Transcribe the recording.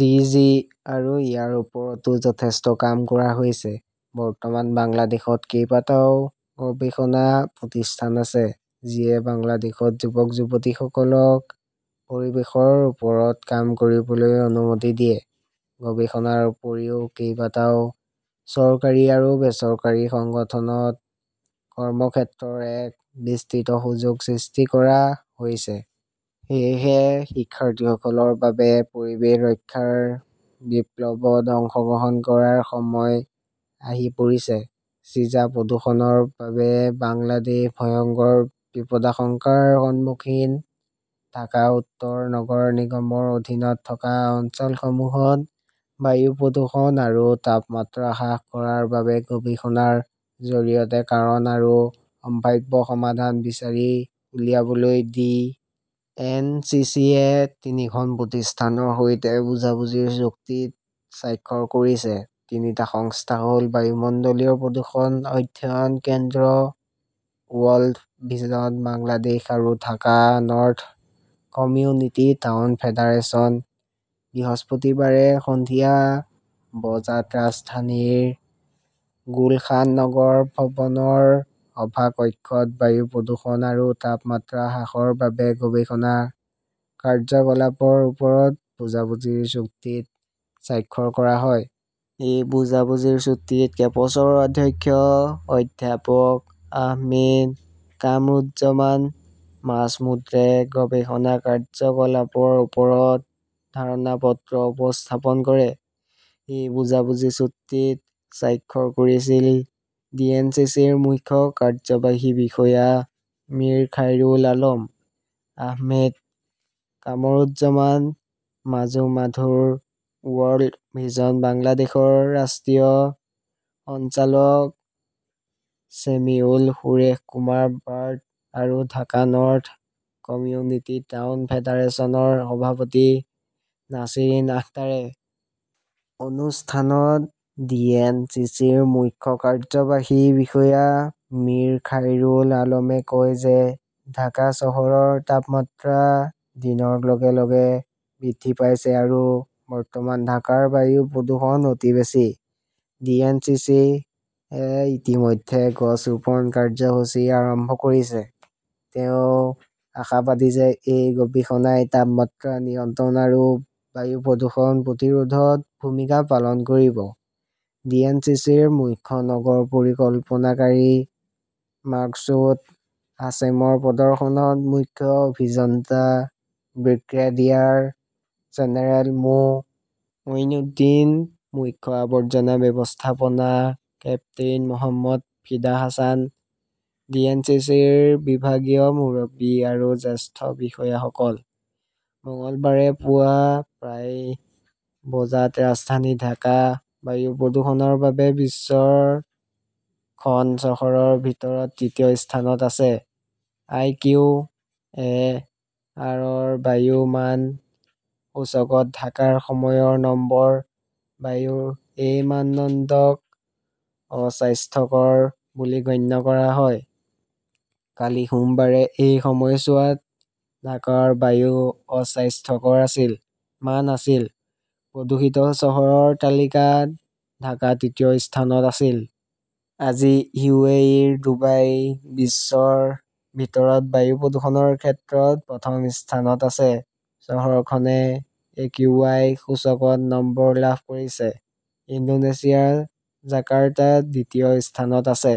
D. G. আৰু ইয়াৰ ওপৰতো যথেষ্ট কাম কৰা হৈছে। বৰ্তমান বাংলাদেশত কেইবাটাও গৱেষণা প্ৰতিষ্ঠান আছে, যিয়ে বাংলাদেশত যুৱক-যুৱতীসকলক পৰিৱেশৰ ওপৰত কাম কৰিবলৈ অনুমতি দিয়ে। গৱেষণাৰ উপৰিও, কেইবাটাও চৰকাৰী আৰু বেচৰকাৰী সংগঠনত কৰ্মক্ষেত্ৰৰ এক বিস্তৃত সুযোগ সৃষ্টি কৰা হৈছে। সেয়েহে শিক্ষাৰ্থীসকলৰ বাবে পৰিৱেশ ৰক্ষাৰ বিপ্লৱত অংশগ্ৰহণ কৰাৰ সময় আহি পৰিছে। ছিজা প্ৰদূষণৰ বাবে বাংলাদেশ ভয়ংকৰ বিপদাশংকাৰ সন্মুখীন ঢাকা উত্তৰ নগৰ নিগমৰ অধীনত থকা অঞ্চলসমূহত বায়ু প্ৰদূষণ আৰু তাপমাত্ৰা হ্ৰাস কৰাৰ বাবে গৱেষণাৰ জৰিয়তে কাৰণ আৰু সম্ভাৱ্য সমাধান বিচাৰি উলিয়াবলৈ ডি. এন. চি. চি. -য়ে তিনিখন প্ৰতিষ্ঠানৰ সৈতে বুজাবুজিৰ চুক্তিত স্বাক্ষৰ কৰিছে। তিনিটা সংস্থা হ ‘ল বায়ুমণ্ডলীয় প্ৰদূষণ অধ্যয়ন কেন্দ্ৰ, ৱৰ্ল্ড ভিজন বাংলাদেশ আৰু Dhaka north community town federation. বৃহস্পতিবাৰে সন্ধিয়া বজাত ৰাজধানীৰ গুলশান- নগৰ ভৱনৰ সভা কক্ষত বায়ু প্ৰদূষণ আৰু তাপমাত্ৰা হ্ৰাসৰ বাবে গৱেষণা কাৰ্যকলাপৰ ওপৰত বুজাবুজিৰ চুক্তিত স্বাক্ষৰ কৰা হয়। এই বুজাবুজিৰ চুক্তিত কেপছৰ অধ্যক্ষ অধ্যাপক আহমেদ কামৰুজ্জমান মাজমুদ্ৰে গৱেষণা কাৰ্যকলাপৰ ওপৰত ধাৰণা পত্ৰ উপস্থাপন কৰে। এই বুজাবুজি চুক্তিত স্বাক্ষৰ কৰিছিল ডিএনচিচিৰ মুখ্য কাৰ্যবাহী বিষয়া মিৰ খাইৰুল আলম, আহমেদ কামৰুজ্জমান মাজুমাধুৰ, ৱৰ্ল্ড ভিজন বাংলাদেশৰ ৰাষ্ট্ৰীয় সঞ্চালক ছেমিউল সুৰেশ কুমাৰ বাৰ্ট আৰু ঢাকা নৰ্থ কমিউনিটি টাউন ফেডাৰেচনৰ সভাপতি নাছিৰিন আখতাৰে। অনুষ্ঠানত ডি. এন. চি. চি. -ৰ মুখ্য কাৰ্যবাহী বিষয়া মীৰ খাইৰুল আলমে কয় যে ঢাকা চহৰৰ তাপমাত্ৰা দিনৰ লগে লগে বৃদ্ধি পাইছে আৰু বৰ্তমান ঢাকাৰ বায়ু প্ৰদূষণ অতি বেছি। ডি. এন. চি. চি. -য়ে ইতিমধ্যে গছ ৰোপণ কাৰ্যসূচী আৰম্ভ কৰিছে। তেওঁ আশাবাদী যে এই গৱেষণাই তাপমাত্ৰা নিয়ন্ত্ৰণ আৰু বায়ু প্ৰদূষণ প্ৰতিৰোধত ভূমিকা পালন কৰিব। ডি. এন. চি. চি. -ৰ মুখ্য নগৰ পৰিকল্পনাকাৰী মাক্সুদ হাছেমৰ প্ৰদৰ্শনত মুখ্য অভিযন্তা ব্ৰিগেডিয়াৰ জেনেৰেল মো. মঈন উদ্দিন, মুখ্য আৱৰ্জনা ব্যৱস্থাপনা কেপ্টেইন মহম্মদ ফিদা হাছান, ডিএনচিচিৰ বিভাগীয় মুৰব্বী আৰু জ্যেষ্ঠ বিষয়াসকল। মঙলবাৰে পুৱা প্ৰায় বজাত ৰাজধানী ঢাকা বায়ু প্ৰদূষণৰ বাবে বিশ্বৰ খন চহৰৰ ভিতৰত তৃতীয় স্থানত আছে। আই. কিউ. এ. আৰ.ৰ বায়ু মান সূচকত ঢাকাৰ সময়ৰ নম্বৰ। বায়ুৰ এই মানদণ্ডক 'অস্বাস্থ্যকৰ "বুলি গণ্য কৰা হয়। কালি সোমবাৰে এই সময়ছোৱাত ঢাকাৰ বায়ু অস্বাস্থ্যকৰ আছিল। মান আছিল। প্ৰদূষিত চহৰৰ তালিকাত ঢাকা তৃতীয় স্থানত আছিল। আজি ইউ. এ. ইৰ ডুবাই বিশ্বৰ ভিতৰত বায়ু প্ৰদূষণৰ ক্ষেত্ৰত প্ৰথম স্থানত আছে। চহৰখনে একিউআই সূচকত নম্বৰ লাভ কৰিছে। ইণ্ডোনেছিয়াৰ জাকাৰ্টা দ্বিতীয় স্থানত আছে।